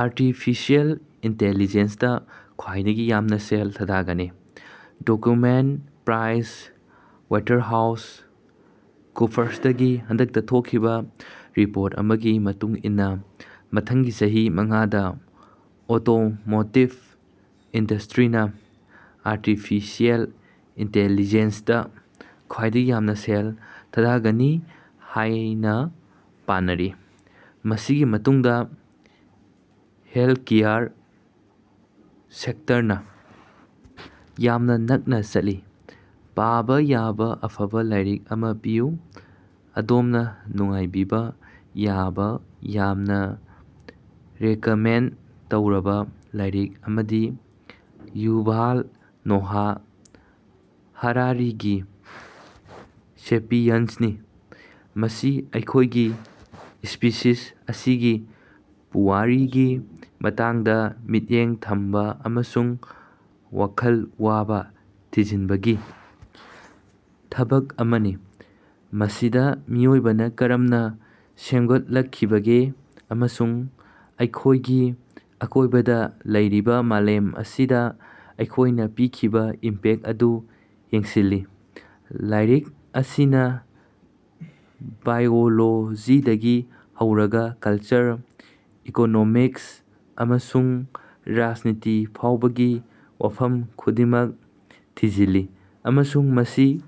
Artificial ꯏꯟꯇ‌ꯦꯂꯤꯖ‌ꯦꯟꯁꯗ ꯈ꯭ꯋꯥꯏꯗꯒꯤ ꯌꯥꯝꯅ ꯁꯦꯜ ꯊꯥꯗꯒꯅꯤ? ꯗꯣꯀꯨꯃꯦꯟꯠ: ꯄ꯭ꯔꯥꯏꯖ ꯋꯥꯇꯔꯍꯥꯎꯁ ꯀꯨꯄꯔꯁꯗꯒꯤ ꯍꯟꯗꯛꯇ ꯊꯣꯛꯈꯤꯕ ꯔꯤꯄꯣꯔꯠ ꯑꯃꯒꯤ ꯃꯇꯨꯡ ꯏꯟꯅ ꯃꯊꯪꯒꯤ ꯆꯍꯤ ꯃꯉꯥꯗ ꯑꯣꯇꯣꯃꯣꯇꯤꯕ ꯏꯟꯗꯁ꯭ꯇꯔꯤꯅ ꯑꯥꯔꯇꯤꯐꯤꯁꯤꯑꯦꯜ ꯏꯟꯇ‌ꯦꯂꯤꯖ‌ꯦꯟꯁꯗ ꯈ꯭ꯋꯥꯏꯗꯒꯤ ꯌꯥꯝꯅ ꯁꯦꯜ ꯊꯥꯗꯒꯅꯤ ꯍꯥꯏꯅ ꯄꯥꯅꯔꯤ, ꯃꯁꯤꯒꯤ ꯃꯇꯨꯡꯗ ꯍꯦꯜꯊꯀꯦꯌꯔ ꯁꯦꯛꯇꯔꯅ ꯌꯥꯝꯅ ꯅꯛꯅ ꯆꯠꯂꯤ꯫ ꯄꯥꯕ ꯌꯥꯕ ꯑꯐꯕ ꯂꯥꯏꯔꯤꯛ ꯑꯃ ꯄꯤꯌꯨ꯫ ꯑꯗꯣꯝꯅ ꯅꯨꯡꯉꯥꯏꯕꯤꯕ ꯌꯥꯕ ꯌꯥꯝꯅ ꯔꯦꯀꯃꯦꯟꯗ ꯇꯧꯔꯕ ꯂꯥꯏꯔꯤꯛ ꯑꯃꯗꯤ ꯌꯨꯚꯥꯜ ꯅꯣꯍꯥ ꯍꯔꯥꯔꯤꯒꯤ ꯁꯦꯄꯤꯌꯟꯁꯅꯤ꯫ ꯃꯁꯤ ꯑꯩꯈꯣꯏꯒꯤ ꯁ꯭ꯄꯤꯁꯤꯁ ꯑꯁꯤꯒꯤ ꯄꯨꯋꯥꯔꯤꯒꯤ ꯃꯇꯥꯡꯗ ꯃꯤꯠꯌꯦꯡ ꯊꯝꯕ ꯑꯃꯁꯨꯡ ꯋꯥꯈꯜ ꯋꯥꯕ ꯊꯤꯖꯤꯟꯕꯒꯤ ꯊꯕꯛ ꯑꯃꯅꯤ, ꯃꯁꯤꯗ ꯃꯤꯑꯣꯏꯕꯅ ꯀꯔꯝꯅ ꯁꯦꯝꯒꯠꯂꯛꯈꯤꯕꯒꯦ ꯑꯃꯁꯨꯡ ꯑꯩꯈꯣꯏꯒꯤ ꯑꯀꯣꯏꯕꯗ ꯂꯩꯔꯤꯕ ꯃꯥꯂꯦꯝ ꯑꯁꯤꯗ ꯑꯩꯈꯣꯏꯅ ꯄꯤꯈꯤꯕ ꯏꯝꯄꯦꯛ ꯑꯗꯨ ꯌꯦꯡꯁꯤꯜꯂꯤ꯫ ꯂꯥꯏꯔꯤꯛ ꯑꯁꯤꯅ ꯕꯥꯏꯑꯣꯂꯣꯖꯤꯗꯒꯤ ꯍꯧꯔꯒ ꯀꯜꯆꯔ, ꯏꯀꯣꯅꯣꯃꯤꯛꯁ, ꯑꯃꯁꯨꯡ ꯔꯥꯖꯅꯤꯇꯤ ꯐꯥꯎꯕꯒꯤ ꯋꯥꯐꯝ ꯈꯨꯗꯤꯡꯃꯛ ꯊꯤꯖꯤꯜꯂꯤ ꯑꯃꯁꯨꯡ ꯃꯁꯤ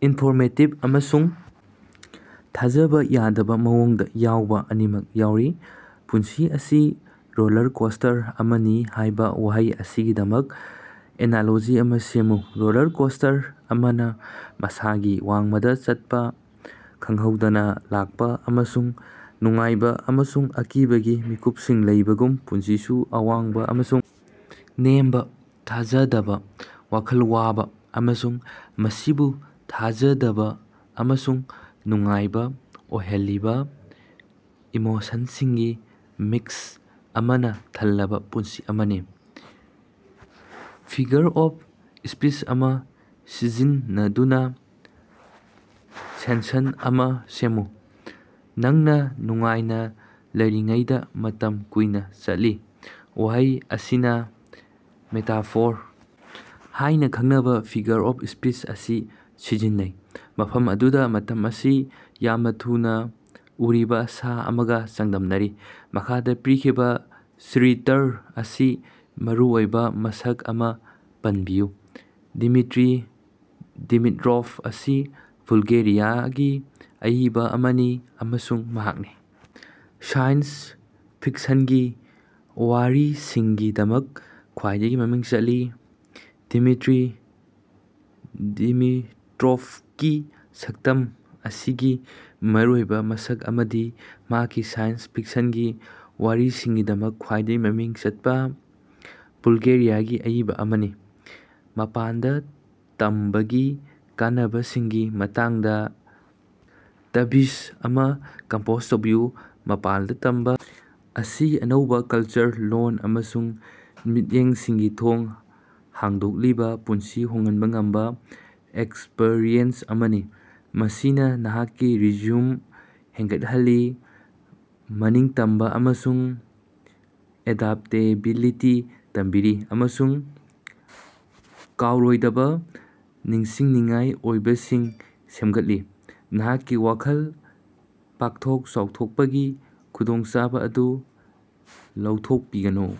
ꯏꯅꯟꯐꯣꯔꯃꯦꯇꯤꯕ ꯑꯃꯁꯨꯡ ꯊꯥꯖꯕ ꯌꯥꯗꯕ ꯃꯑꯣꯡꯗ ꯌꯥꯎꯕ ꯑꯅꯤꯃꯛ ꯌꯥꯎꯔꯤ꯫ ꯄꯨꯟꯁꯤ ꯑꯁꯤ ꯔꯣꯂꯔꯀꯣꯁ꯭ꯇꯔ ꯑꯃꯅꯤ ꯍꯥꯏꯕ ꯋꯥꯍꯩ ꯑꯁꯤꯒꯤꯗꯃꯛ ꯑꯦꯅꯥꯂꯣꯖꯤ ꯑꯃꯥ ꯁꯦꯝꯃꯨ꯫ ꯔꯣꯂꯔ ꯀꯣꯁ꯭ꯇꯔ ꯑꯃꯅ ꯃꯁꯥꯒꯤ ꯋꯥꯡꯃꯗ ꯆꯠꯄꯥ, ꯈꯪꯍꯧꯗꯅ ꯂꯥꯛꯄ, ꯑꯃꯁꯨꯡ ꯅꯨꯡꯉꯥꯏꯕ ꯑꯃꯁꯨꯡ ꯑꯀꯤꯕꯒꯤ ꯃꯤꯀꯨꯞꯁꯤꯡ ꯂꯩꯕꯒꯨꯝꯅ, ꯄꯨꯟꯁꯤꯁꯨ ꯑꯋꯥꯡꯕ ꯑꯃꯁꯨꯡ ꯅꯦꯝꯕ, ꯊꯥꯖꯗꯕ ꯋꯥꯈꯜ ꯋꯥꯕꯥ, ꯑꯃꯁꯨꯡ ꯃꯁꯤꯕꯨ ꯊꯥꯖꯗꯕ ꯑꯃꯁꯨꯡ ꯅꯨꯡꯉꯥꯏꯕ ꯑꯣꯏꯍꯜꯂꯤꯕ ꯏꯃꯣꯁꯟꯁꯤꯡꯒꯤ ꯃꯤꯛꯁ ꯑꯃꯅ ꯊꯜꯂꯕ ꯄꯨꯟꯁꯤ ꯑꯃꯅꯤ꯫ ꯐꯤꯒꯔ ꯑꯣꯐ ꯁ꯭ꯄꯤꯆ ꯑꯃ ꯁꯤꯖꯤꯟꯅꯗꯨꯅ ꯁꯦꯟꯁꯟ ꯑꯃ ꯁꯦꯝꯃꯨ꯫ ꯅꯪꯅ ꯅꯨꯡꯉꯥꯏꯅ ꯂꯩꯔꯤꯉꯩꯗ ꯃꯇꯝ ꯀꯨꯏꯅ ꯆꯠꯂꯤ꯫ ꯋꯥꯍꯩ ꯑꯁꯤꯅ ꯃꯦꯇꯥꯐꯣꯔ ꯍꯥꯏꯅ ꯈꯪꯅꯕ ꯐꯤꯒꯔ ꯑꯣꯐ ꯁ꯭ꯄꯤꯆ ꯑꯁꯤ ꯁꯤꯖꯤꯟꯅꯩ, ꯃꯐꯝ ꯑꯗꯨꯗ ꯃꯇꯝ ꯑꯁꯤ ꯌꯥꯝꯅ ꯊꯨꯅ ꯎꯔꯤꯕ ꯁꯥ ꯑꯃꯒ ꯆꯥꯡꯗꯝꯅꯔꯤ꯫ ꯃꯈꯥꯗ ꯄꯟꯈ꯭ꯔꯤꯕ ꯆꯔꯤꯇꯔ ꯑꯁꯤꯒꯤ ꯃꯔꯨꯑꯣꯏꯕ ꯃꯁꯛ ꯑꯃꯥ ꯄꯟꯕꯤꯌꯨ꯫ ꯗꯤꯃꯤꯇꯔꯤ ꯗꯤꯃꯤꯠꯔꯣꯚ ꯑꯁꯤ ꯕꯨꯜꯒꯦꯔꯤꯌꯥꯒꯤ ꯑꯏꯕ ꯑꯃꯅꯤ ꯑꯃꯁꯨꯡ ꯃꯍꯥꯛꯀꯤ ꯁꯥꯏꯟꯁ ꯐꯤꯛꯁꯟꯒꯤ ꯋꯥꯔꯤꯁꯤꯡꯒꯤꯗꯃꯛ ꯈ꯭ꯋꯥꯏꯗꯒꯤ ꯃꯃꯤꯡ ꯆꯠꯂꯤ꯫ ꯗꯤꯃꯤꯇꯔꯤ ꯗꯤꯃꯤꯇꯔꯣꯚꯀꯤ ꯁꯛꯇꯝ ꯑꯁꯤꯒꯤ ꯃꯔꯨꯑꯣꯏꯕ ꯃꯁꯛ ꯑꯃꯗꯤ ꯃꯍꯥꯛꯀꯤ ꯁꯥꯏꯟꯁ ꯐꯤꯛꯁꯟꯒꯤ ꯋꯥꯔꯤꯁꯤꯡꯒꯤꯗꯃꯛ ꯈ꯭ꯋꯥꯏꯗꯒꯤ ꯃꯃꯤꯡ ꯆꯠꯄ ꯕꯨꯜꯒꯦꯔꯤꯌꯥꯒꯤ ꯑꯏꯕ ꯑꯃꯅꯤ꯫ ꯃꯄꯥꯟꯗ ꯇꯝꯕꯒꯤ ꯀꯥꯟꯅꯕꯁꯤꯡꯒꯤ ꯃꯇꯥꯡꯗꯥ ꯇ꯭ꯕꯤꯠ ꯑꯃꯥ ꯀꯝꯄꯣꯖ ꯇꯧꯕꯤꯌꯨ꯫ ꯃꯄꯥꯟꯗ ꯇꯝꯕ ꯑꯁꯤ ꯑꯅꯧꯕ ꯀꯜꯆꯔ, ꯂꯣꯜ, ꯑꯃꯁꯨꯡ ꯃꯤꯠꯌꯦꯡꯁꯤꯡꯒꯤ ꯊꯣꯡ ꯍꯥꯡꯗꯣꯛꯂꯤꯕ ꯄꯨꯟꯁꯤ ꯍꯣꯡꯍꯟꯕ ꯉꯝꯕ ꯑꯦꯛꯁꯄꯔꯤꯌꯦꯟꯁ ꯑꯃꯅꯤ꯫ ꯃꯁꯤꯅ ꯅꯍꯥꯛꯀꯤ ꯔꯤꯖ꯭ꯌꯨꯝ ꯍꯦꯟꯒꯠꯍꯜꯂꯤ, ꯃꯅꯤꯡꯇꯝꯕ ꯑꯃꯁꯨꯡ ꯑꯦꯗꯞꯇꯦꯕꯤꯂꯤꯇꯤ ꯇꯝꯕꯤꯔꯤ, ꯑꯃꯁꯨꯡ ꯀꯥꯎꯔꯣꯏꯗꯕ ꯅꯤꯡꯁꯤꯡꯅꯤꯡꯉꯥꯏ ꯑꯣꯏꯕꯁꯤꯡ ꯁꯦꯝꯒꯠꯂꯤ꯫ ꯅꯍꯥꯛꯀꯤ ꯋꯥꯈꯜ ꯄꯥꯛꯊꯣꯛ-ꯆꯥꯎꯊꯣꯛꯄꯒꯤ ꯈꯨꯗꯣꯡꯆꯥꯕ ꯑꯗꯨ ꯂꯧꯊꯣꯛꯄꯤꯒꯅꯨ꯫